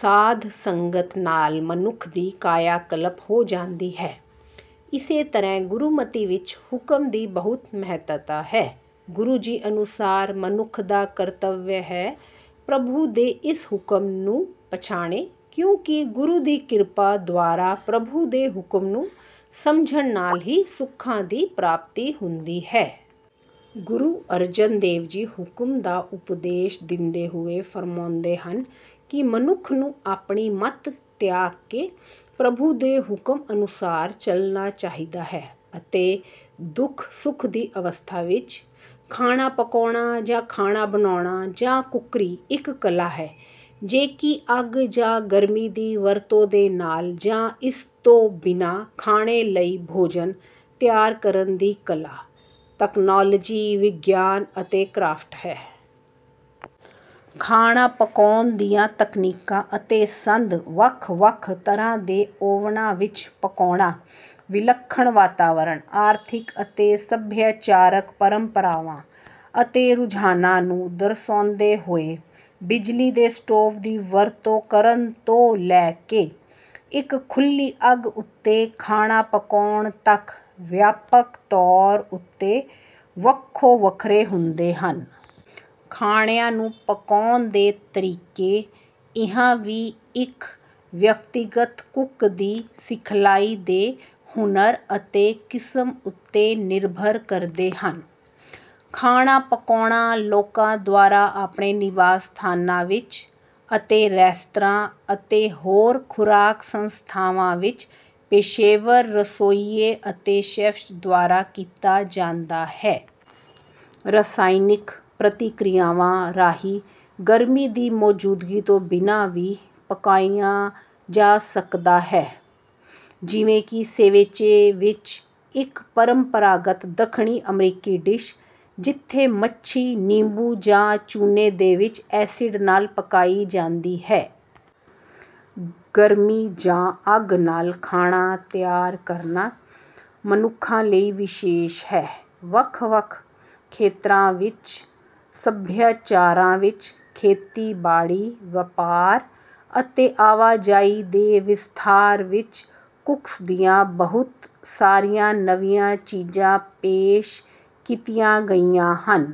ਸਾਧ ਸੰਗਤ ਨਾਲ ਮਨੁੱਖ ਦੀ ਕਾਇਆ ਕਲਪ ਹੋ ਜਾਂਦੀ ਹੈ। ਇਸੇ ਤਰ੍ਹਾਂ ਗੁਰਮਤਿ ਵਿੱਚ ਹੁਕਮ ਦੀ ਬਹੁਤ ਮਹੱਤਤਾ ਹੈ। ਗੁਰੂ ਜੀ ਅਨੁਸਾਰ ਮਨੁੱਖ ਦਾ ਕਰਤੱਵ ਹੈ ਪ੍ਰਭੂ ਦੇ ਇਸ ਹੁਕਮ ਨੂੰ ਪਛਾਣੇ ਕਿਉਂਕਿ ਗੁਰੂ ਦੀ ਕਿਰਪਾ ਦੁਆਰਾ ਪ੍ਰਭੂ ਦੇ ਹੁਕਮ ਨੂੰ ਸਮਝਣ ਨਾਲ ਹੀ ਸੁੱਖਾਂ ਦੀ ਪ੍ਰਾਪਤੀ ਹੁੰਦੀ ਹੈ। ਗੁਰੂ ਅਰਜਨ ਦੇਵ ਜੀ ਹੁਕਮ ਦਾ ਉਪਦੇਸ਼ ਦਿੰਦੇ ਹੋਏ ਫਰਮਾਉਂਦੇ ਹਨ ਕਿ ਮਨੁੱਖ ਨੂੰ ਆਪਣੀ ਮਤ ਤਿਆਗ ਕੇ ਪ੍ਰਭੂ ਦੇ ਹੁਕਮ ਅਨੁਸਾਰ ਚਲਣਾ ਚਾਹੀਦਾ ਹੈ ਅਤੇ ਦੁੱਖ ਸੁੱਖ ਦੀ ਅਵਸਥਾ ਵਿੱਚ। ਖਾਣਾ ਪਕਾਉਣਾ ਜਾਂ ਖਾਣਾ ਬਣਾਉਣਾ ਜਾਂ ਕੁੱਕਰੀ ਇੱਕ ਕਲਾ ਹੈ, ਜੋ ਕਿ ਅੱਗ ਜਾਂ ਗਰਮੀ ਦੀ ਵਰਤੋਂ ਦੇ ਨਾਲ ਜਾਂ ਇਸ ਤੋਂ ਬਿਨਾਂ ਖਾਣੇ ਲਈ ਭੋਜਨ ਤਿਆਰ ਕਰਨ ਦੀ ਕਲਾ, ਤਕਨਾਲੋਜੀ, ਵਿਗਿਆਨ ਅਤੇ ਕਰਾਫਟ ਹੈ। ਖਾਣਾ ਪਕਾਉਣ ਦੀਆਂ ਤਕਨੀਕਾਂ ਅਤੇ ਸੰਦ ਵੱਖ ਵੱਖ ਤਰ੍ਹਾਂ ਦੇ ਓਵਨਾਂ ਵਿੱਚ ਪਕਾਉਣਾ, ਵਿਲੱਖਣ ਵਾਤਾਵਰਣ, ਆਰਥਿਕ ਅਤੇ ਸੱਭਿਆਚਾਰਕ ਪਰੰਪਰਾਵਾਂ ਅਤੇ ਰੁਝਾਨਾਂ ਨੂੰ ਦਰਸਾਉਂਦੇ ਹੋਏ, ਬਿਜਲੀ ਦੇ ਸਟੋਵ ਦੀ ਵਰਤੋਂ ਕਰਨ ਤੋਂ ਲੈ ਕੇ ਇੱਕ ਖੁੱਲ੍ਹੀ ਅੱਗ ਉੱਤੇ ਖਾਣਾ ਪਕਾਉਣ ਤੱਕ, ਵਿਆਪਕ ਤੌਰ ਉੱਤੇ ਵੱਖੋ ਵੱਖਰੇ ਹੁੰਦੇ ਹਨ। ਖਾਣਿਆਂ ਨੂੰ ਪਕਾਉਣ ਦੇ ਤਰੀਕੇ ਇਹ ਵੀ ਇੱਕ ਵਿਅਕਤੀਗਤ ਕੁੱਕ ਦੀ ਸਿਖਲਾਈ ਦੇ ਹੁਨਰ ਅਤੇ ਕਿਸਮ ਉੱਤੇ ਨਿਰਭਰ ਕਰਦੇ ਹਨ। ਖਾਣਾ ਪਕਾਉਣਾ ਲੋਕਾਂ ਦੁਆਰਾ ਆਪਣੇ ਨਿਵਾਸ ਸਥਾਨਾਂ ਵਿੱਚ ਅਤੇ ਰੈਸਤਰਾਂ ਅਤੇ ਹੋਰ ਖੁਰਾਕ ਸੰਸਥਾਵਾਂ ਵਿੱਚ ਪੇਸ਼ੇਵਰ ਰਸੋਈਏ ਅਤੇ ਸ਼ੈੱਫ਼ਜ਼ ਦੁਆਰਾ ਕੀਤਾ ਜਾਂਦਾ ਹੈ। ਰਸਾਇਣਕ ਪ੍ਰਤੀਕ੍ਰਿਆਵਾਂ ਰਾਹੀਂ ਗਰਮੀ ਦੀ ਮੌਜੂਦਗੀ ਤੋਂ ਬਿਨਾਂ ਵੀ ਪਕਾਇਆ ਜਾ ਸਕਦਾ ਹੈ, ਜਿਵੇਂ ਕਿ ਸੇਵੇਚੇ ਵਿੱਚ, ਇੱਕ ਪਰੰਪਰਾਗਤ ਦੱਖਣੀ ਅਮਰੀਕੀ ਡਿਸ਼, ਜਿੱਥੇ ਮੱਛੀ ਨਿੰਬੂ ਜਾਂ ਚੂਨੇ ਦੇ ਵਿੱਚ ਐਸਿਡ ਨਾਲ ਪਕਾਈ ਜਾਂਦੀ ਹੈ। ਗਰਮੀ ਜਾਂ ਅੱਗ ਨਾਲ ਖਾਣਾ ਤਿਆਰ ਕਰਨਾ ਮਨੁੱਖਾਂ ਲਈ ਵਿਸ਼ੇਸ਼ ਹੈ। ਵੱਖ ਵੱਖ ਖੇਤਰਾਂ ਵਿੱਚ ਸਭਿਆਚਾਰਾਂ ਵਿੱਚ ਖੇਤੀਬਾੜੀ, ਵਪਾਰ, ਅਤੇ ਆਵਾਜਾਈ ਦੇ ਵਿਸਥਾਰ ਵਿੱਚ ਕੁੱਕਸ ਦੀਆਂ ਬਹੁਤ ਸਾਰੀਆਂ ਨਵੀਆਂ ਚੀਜ਼ਾਂ ਪੇਸ਼ ਕੀਤੀਆਂ ਗਈਆਂ ਹਨ।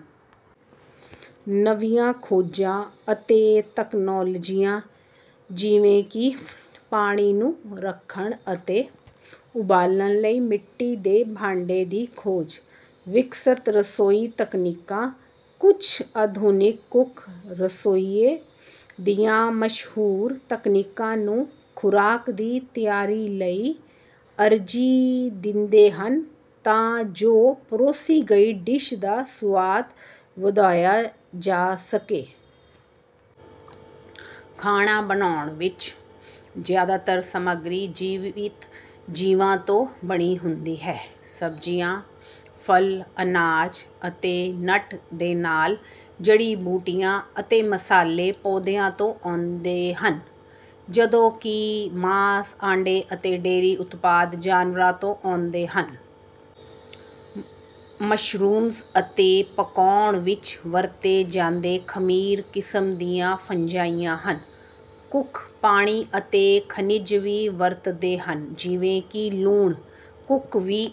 ਨਵੀਆਂ ਖੋਜਾਂ ਅਤੇ ਤਕਨਾਲੋਜੀਆਂ, ਜਿਵੇਂ ਕਿ ਪਾਣੀ ਨੂੰ ਰੱਖਣ ਅਤੇ ਉਬਾਲਣ ਲਈ ਮਿੱਟੀ ਦੇ ਭਾਂਡੇ ਦੀ ਖੋਜ, ਵਿਕਸਤ ਰਸੋਈ ਤਕਨੀਕਾਂ। ਕੁਝ ਆਧੁਨਿਕ ਕੁੱਕ ਰਸੋਈਏ ਦੀਆਂ ਮਸ਼ਹੂਰ ਤਕਨੀਕਾਂ ਨੂੰ ਖੁਰਾਕ ਦੀ ਤਿਆਰੀ ਲਈ ਅਰਜ਼ੀ ਦਿੰਦੇ ਹਨ ਤਾਂ ਜੋ ਪਰੋਸੀ ਗਈ ਡਿਸ਼ ਦਾ ਸੁਆਦ ਵਧਾਇਆ ਜਾ ਸਕੇ। ਖਾਣਾ ਬਣਾਉਣ ਵਿੱਚ ਜ਼ਿਆਦਾਤਰ ਸਮੱਗਰੀ ਜੀਵਤ ਜੀਵਾਂ ਤੋਂ ਬਣੀ ਹੁੰਦੀ ਹੈ। ਸਬਜ਼ੀਆਂ, ਫਲ, ਅਨਾਜ ਅਤੇ ਨਟ ਦੇ ਨਾਲ ਜੜੀ ਬੂਟੀਆਂ ਅਤੇ ਮਸਾਲੇ ਪੌਦਿਆਂ ਤੋਂ ਆਉਂਦੇ ਹਨ, ਜਦੋਂ ਕਿ ਮਾਸ, ਆਂਡੇ ਅਤੇ ਡੇਅਰੀ ਉਤਪਾਦ ਜਾਨਵਰਾਂ ਤੋਂ ਆਉਂਦੇ ਹਨ। ਮਸ਼ਰੂਮਜ਼ ਅਤੇ ਪਕਾਉਣ ਵਿੱਚ ਵਰਤੇ ਜਾਂਦੇ ਖਮੀਰ ਕਿਸਮ ਦੀਆਂ ਫੰਜਾਈ ਹਨ। ਕੁੱਕ ਪਾਣੀ ਅਤੇ ਖਣਿਜ ਵੀ ਵਰਤਦੇ ਹਨ ਜਿਵੇਂ ਕਿ ਲੂਣ। ਕੁੱਕ ਵੀ...